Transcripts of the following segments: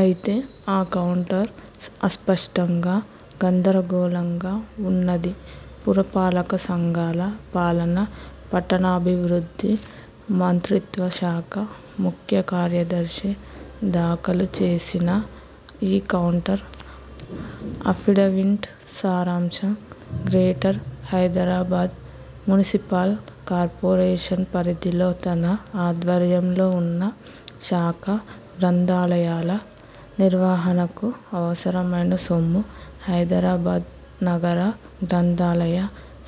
అయితే ఆ కౌంటర్ అస్పష్టంగా, గందరగోళంగా ఉన్నది. పురపాలక సంఘాల పాలన, పట్టణాభివృద్ధి మంత్రిత్వ శాఖ ముఖ్య కార్యదర్శి దాఖలుచేసిన ఈ కౌంటర్ అఫిడవిట్ సారాంశం: గ్రేటర్ హైదరాబాద్ మునిసిపల్ కార్పొరేషన్ పరిధిలో తన ఆధ్వర్యంలో వున్న శాఖా గ్రంథాలయాల నిర్వహణకు అవసరమైన సొమ్ము హైదరాబాద్ నగర గ్రంథాలయ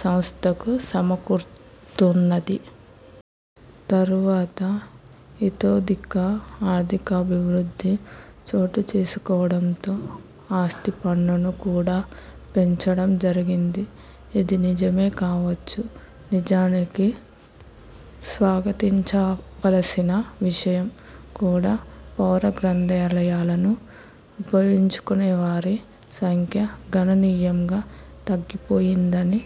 సంస్థకు సమకూరుతున్నది. తరువాత ఇతోధిక ఆర్థికాభివృద్ధి చోటుచేసుకోవడంతో ఆస్తిపన్నును కూడా పెంచడం జరిగింది. ఇది నిజమే కావచ్చు. నిజానికి స్వాగతించవల్సిన విషయం కూడా. పౌర గ్రంథాలయాలను ఉపయోగించుకొనేవారి సంఖ్య గణనీయంగా తగ్గిపోయిందని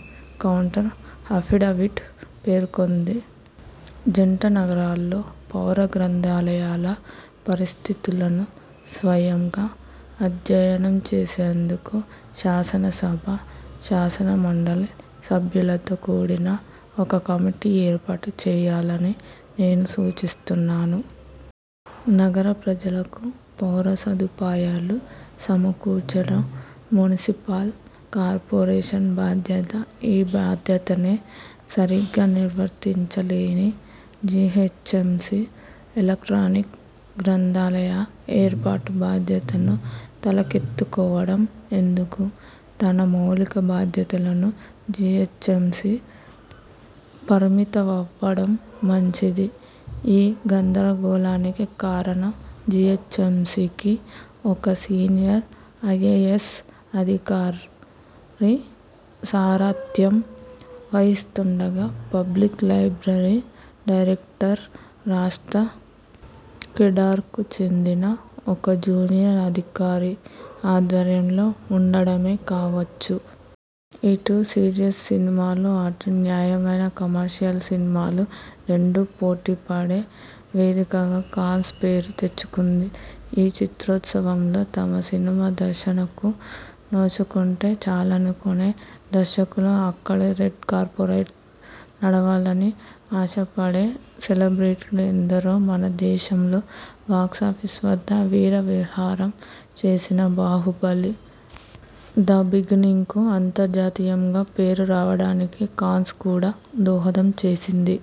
కౌంటర్ అఫిడవిట్ పేర్కొంది. జంటనగరాల్లో పౌర గ్రంథాలయాల పరిస్థితులను స్వయంగా అధ్యయనం చేసేందుకు శాసనసభ, శాసన మండలి సభ్యులతో కూడిన ఒక కమిటీ ఏర్పాటు చేయాలని నేను సూచిస్తున్నాను. నగర ప్రజలకు పౌరసదుపాయాలు సమకూర్చడం మునిసిపల్ కార్పొరేషన్ బాధ్యత. ఈ బాధ్యతనే సరిగ్గా నిర్వర్తించలేని జీహెచ్ఎంసీ ఎలక్ట్రానిక్ గ్రంథాలయాల ఏర్పాటు బాధ్యతను తలకెత్తుకోవడం ఎందుకు? తన మౌలిక బాధ్యతలను జీహెచ్ఎంసీ పరిమితమవ్వడం మంచిది. ఈ గందరగోళానికి కారణం జీహెచ్ఎంసీకి ఒక సీనియర్ ఐఏఎస్ అధికారి సారథ్యం వహిస్తుండగా పబ్లిక్ లైబ్రరీ డైరెక్టరేట్ రాష్ట్ర కేడర్కు చెందిన ఒక జూనియర్ అధికారి ఆధ్వర్యంలో వుండడమే కావచ్చు. ఇటు సీరియస్ సినిమాలు, అటు నాణ్యమైన కమర్షియల్ సినిమాలు రెండూ పోటీపడే వేదికగా కాన్స్ పేరు తెచ్చుకుంది. ఈ చిత్రోత్సవంలో తమ సినిమా ప్రదర్శనకు నోచుకుంటే చాలనుకొనే దర్శకులు, అక్కడి రెడ్ కార్పెట్పై నడవాలని ఆశపడే సెలబ్రిటీలు ఎందరో! మన దేశంలో బాక్సాఫీస్ వద్ద వీర విహారం చేసిన 'బాహుబలి: ద బిగినింగ్'కు అంతర్జాతీయంగా పేరు రావడానికి కాన్స్ కూడా దోహదం చేసింది.